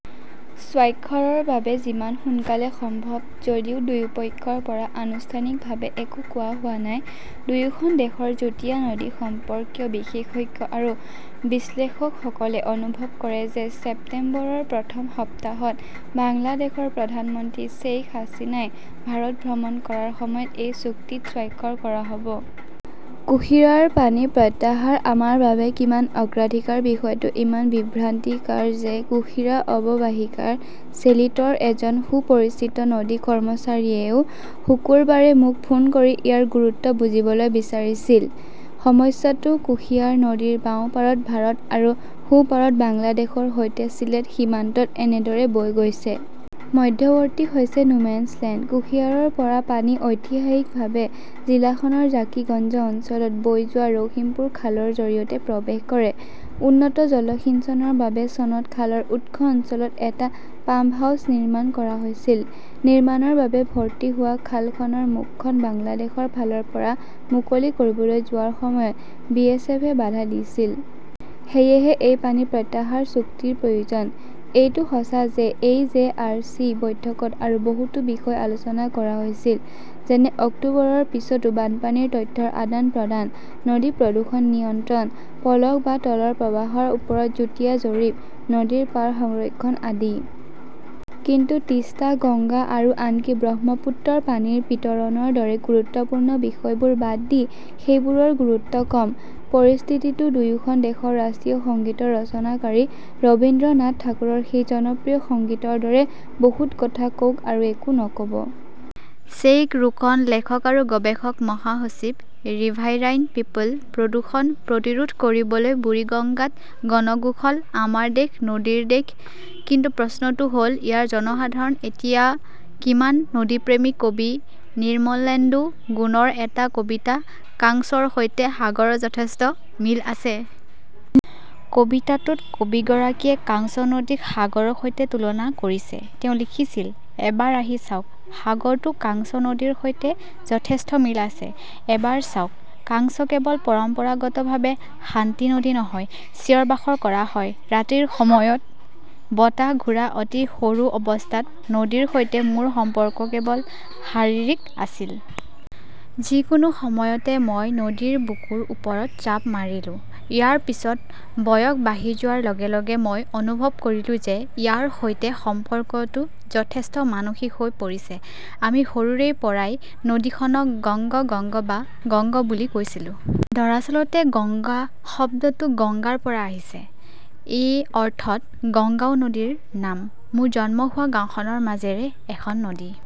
স্বাক্ষৰৰ বাবে 'যিমান সোনকালে সম্ভৱ'। যদিও দুয়োপক্ষৰ পৰা আনুষ্ঠানিকভাৱে একো কোৱা হোৱা নাই, দুয়োখন দেশৰ যুটীয়া নদী সম্পৰ্কীয় বিশেষজ্ঞ আৰু বিশ্লেষকসকলে অনুভৱ কৰে যে ছেপ্টেম্বৰৰ প্ৰথম সপ্তাহত বাংলাদেশৰ প্ৰধানমন্ত্ৰী শ্বেইখ হাছিনাই ভাৰত ভ্ৰমণ কৰাৰ সময়ত এই চুক্তিত স্বাক্ষৰ কৰা হ 'ব। কুশীৰাৰ পানী প্ৰত্যাহাৰ আমাৰ বাবে কিমান অগ্ৰাধিকাৰ বিষয়টো ইমান বিভ্ৰান্তিকৰ যে কুশীৰা অৱবাহিকাৰ চেলিতৰ এজন সুপৰিচিত নদী কৰ্মচাৰীয়েও শুকুৰবাৰে মোক ফোন কৰি ইয়াৰ গুৰুত্ব বুজিবলৈ বিচাৰিছিল। সমস্যাটো হ 'ল কুশিয়াৰা নদীৰ বাওঁ পাৰত ভাৰত আৰু সোঁ পাৰত বাংলাদেশৰ সৈতে ছিলেট সীমান্তত এনেদৰে বৈ গৈছে। মধ্যৱৰ্তী হৈছে নোমেনছ লেণ্ড । কুশীয়াৰাৰ পৰা পানী ঐতিহাসিকভাৱে জিলাখনৰ জাকিগঞ্জ অঞ্চলত বৈ যোৱা ৰহিমপুৰ খালৰ জৰিয়তে প্ৰৱেশ কৰে। উন্নত জলসিঞ্চনৰ বাবে চনত খালৰ উৎস অঞ্চলত এটা পাম্পহাউছ নিৰ্মাণ কৰা হৈছিল। নিৰ্মাণৰ বাবে ভৰ্তি হোৱা খালখনৰ মুখখন বাংলাদেশৰ ফালৰ পৰা মুকলি কৰিবলৈ যোৱাৰ সময়ত বিএছএফ এ বাধা দিছিল। সেয়েহে এই 'পানী প্ৰত্যাহাৰ চুক্তি ৰ প্ৰয়োজন। এইটো সঁচা যে এই জে. আৰ. চি. বৈঠকত আৰু বহুতো বিষয় আলোচনা কৰা হৈছিল। যেনে অক্টোবৰৰ পিছতো বানপানীৰ তথ্যৰ আদান-প্ৰদান, নদী প্ৰদূষণ নিয়ন্ত্ৰণ, পলস বা তলৰ প্ৰবাহৰ ওপৰত যুটীয়া জৰীপ, নদীৰ পাৰ সংৰক্ষণ আদি। কিন্তু তীস্তা, গংগা আৰু আনকি ব্ৰহ্মপুত্ৰৰ পানীৰ বিতৰণৰ দৰে গুৰুত্বপূৰ্ণ বিষয়বোৰ বাদ দি সেইবোৰৰ গুৰুত্ব কম। পৰিস্থিতিটো দুয়োখন দেশৰ ৰাষ্ট্ৰীয় সংগীতৰ ৰচনাকাৰী ৰবীন্দ্ৰনাথ ঠাকুৰৰ সেই জনপ্ৰিয় সংগীতৰ দৰে-'বহুত কথা কওক আৰু একো নক'ব । শ্বেইখ ৰোকনঃ লেখক আৰু গৱেষক; মহাসচিব, ৰিভাৰাইন পিপল। প্ৰদূষণ প্ৰতিৰোধ কৰিবলৈ বুৰিগঙ্গাত গণ গোসল " আমাৰ দেশ নদীৰ দেশ। কিন্তু প্ৰশ্নটো হ ‘ল ইয়াৰ জনসাধাৰণ এতিয়া কিমান নদীপ্ৰেমী কবি নিৰ্মলেন্দু গুণৰ এটা কবিতা 'কাংছৰ সৈতে সাগৰৰ যথেষ্ট মিল আছে । কবিতাটোত কবিগৰাকীয়ে কাংছ নদীক সাগৰৰ সৈতে তুলনা কৰিছে। তেওঁ লিখিছিল এবাৰ আহি চাওক, সাগৰটো কাংছ নদীৰ সৈতে যথেষ্ট মিল আছে। এবাৰ চাওক, কাংছ কেৱল পৰম্পৰাগতভাৱে শান্ত নদী নহয়, চিঞৰ বাখৰ কৰা হয়, ৰাতিৰ সময়ত বতাহ ঘোঁৰা অতি সৰু অৱস্থাত নদীৰ সৈতে মোৰ সম্পৰ্ক কেৱল শাৰীৰিক আছিল। যিকোনো সময়তে মই নদীৰ বুকুৰ ওপৰত জাপ মাৰিলো। ইয়াৰ পিছত বয়স বাঢ়ি যোৱাৰ লগে লগে মই অনুভৱ কৰিলো যে ইয়াৰ সৈতে সম্পৰ্কটো যথেষ্ট মানসিক হৈ পৰিছে। আমি সৰুৰে পৰাই নদীখনক গংগ, গংগ বা গংগ বুলি কৈছিলোঁ। দৰাচলতে গংগা শব্দটো গংগাৰ পৰা আহিছে। এই অৰ্থত গঙ্গাও নদীৰ নাম। মোৰ জন্ম হোৱা গাওঁখনৰ মাজেৰে এখন নদী